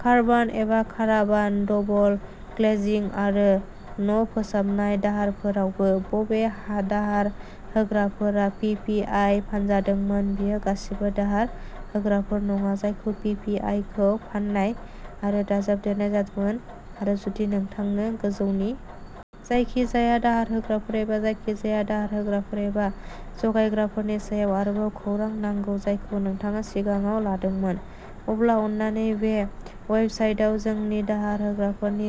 कारभान एबा caravan, double ग्लेजिं, आरो न'फोसाबनाय दाहारफोरावबो। बबे दाहार होग्राफोरा पि पि आइ फानजादोंमोन बेयो गासिबो दाहार होग्राफोर नङा जायखौ पि पि आइ खौ फान्नाय आरो दाजाबदेरनाय जादोंमोन आरो जुदि नोंथांनो गोजौनि जायखिजाया दाहार होग्राफोर एबा जायखिजाया दाहार होग्राफोर एबा जगायग्राफोरनि सायाव आरोबाव खौरां नांगौ जायखौ नोंथाङा सिगाङाव लादोंमोन, अब्ला अन्नानै बे वेबसाइटआव जोंनि दाहार होग्राफोरनि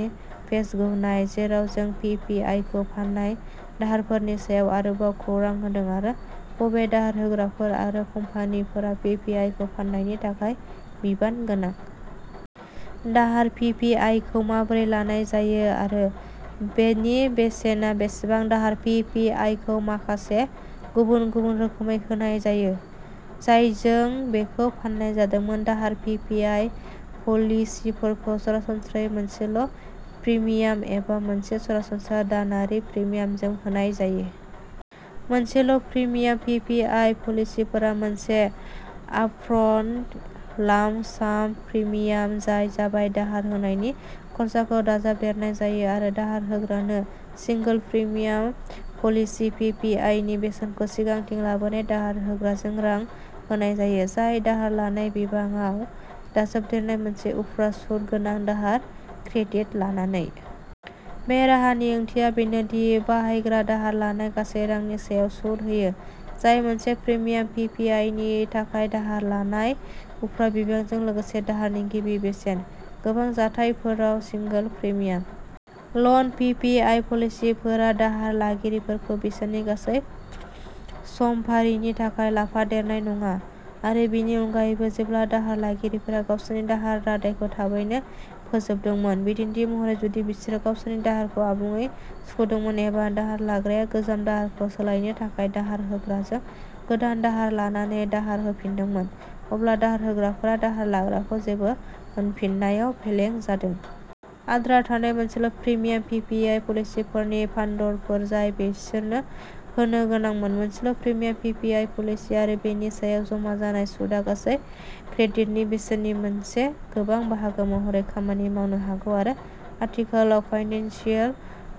पेजखौ नाय जेराव जों पि पि आइ खौ फान्नाय दाहारफोरनि सायाव आरोबाव खौरां होदों आरो बबे दाहार होग्राफोर आरो कम्पानिफोरा पि पि आइ खौ फान्नायनि थाखाय बिबान गोनां। दाहार पि पि आइ खौ माबोरै लानाय जायो आरो बेनि बेसेना बेसेबां दाहार पि पि आइ खौ माखासे गुबुन-गुबुन रोखोमै होनाय जायो, जायजों बेखौ फान्नाय जादोंमोन। दाहार पि पि आइ पलिसिफोरखौ सरासनस्रायै मोनसेल' प्रिमियाम एबा मोनसे सरासनस्रा दानारि प्रिमियामजों होनाय जायो। मोनसेल' प्रिमियाम पि पि आइ पलिसिफोरा मोनसे आपफ्रन्ट लाम्प-साम प्रिमियाम जाय जाबाय दाहार होनायनि खरसाखौ दाजाबदेरनाय जायो आरो दाहार होग्रानो single premium policy P P I नि बेसेनखौ सिगांथिं लाबोनाय दाहार होग्राजों रां होनाय जायो, जाय दाहार लानाय बिबाङाव दाजाबदेरनाय मोनसे उफ्रा सुत गोनां दाहार क्रेडिट लानानै। बे राहानि ओंथिया बेनो दि बायग्राया दाहार लानाय गासै रांनि सायाव सुद होयो, जाय मोनसे प्रिमियाम पि पि आइ नि थाखाय दाहार लानाय उफ्रा बिबांजों लोगोसे दाहारनि गिबि बेसेन। गोबां जाथायफोराव सिंगोल प्रिमियाम ल'न पि पि आइ पलिसिफोरा दाहार लागिरिफोरखौ बिसोरनि गासै समफारिनि थाखाय लाफादेरनाय नङा, आरो बेनि अनगायैबो जेब्ला दाहार लागिरिफोरा गावसोरनि दाहार रादायखौ थाबैनो फोजोबदोंमोन, बिदिन्थि महरै जुदि बिसोरो गावसोरनि दाहारखौ आबुङै सुख'दोंमोन एबा दाहार लाग्राया गोजाम दाहारखौ सोलायनो थाखाय दाहार होग्राजों गोदान दाहार लानानै दाहार होफिन्दोंमोन, अब्ला दाहार होग्राफोरा दाहार लाग्राखौ जेबो होफिन्नायाव फेलें जादों। आद्रा थानाय मोनसेल' प्रिमियाम पि पि आइ पलिसिफोरनि फान्डफोर जाय बिसोरनो होनो गोनांमोन। मोनसेल' premium P P I policy आरो बेनि सायाव जमा जानाय सुदआ गासै क्रेडिटनि बेसेननि मोनसे गोबां बाहागो महरै खामानि मावनो हागौ आरो आथिखालाव फाइनेन्सियेल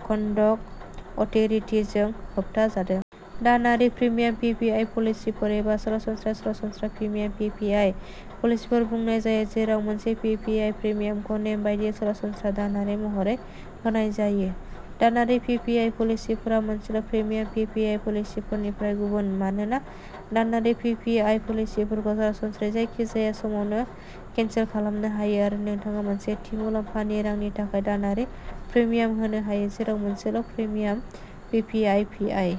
कन्डक्ट अथ'रिटि जों होबथाजादों। दानारि प्रिमियाम पि पि आइ पलिसिफोर एबा सरासनस्रायै सरासनस्रा प्रिमियाम पि पि आइ पलिसिफोर बुंनाय जायो जेराव मोनसे पि पि आइ प्रिमियामखौ नेमबादियै, सरासनस्रायै दानारि महरै होनाय जायो। दानारि पि पि आइ पलिसिफोरा मोनसेल' प्रिमियाम पि पि आइ पलिसिफोरनिफ्राय गुबुन मानोना दानारि पि पि आइ पलिसिफोरखौ सरासनस्रायै जायखिजाया समावनो केनसेल खालामनो हायो, आरो नोंथाङा मोनसे थि मुलाम्फानि रांनि थाखाय दानारि प्रिमियाम होनो हायो। जेराव मोनसेल' premium P P I P I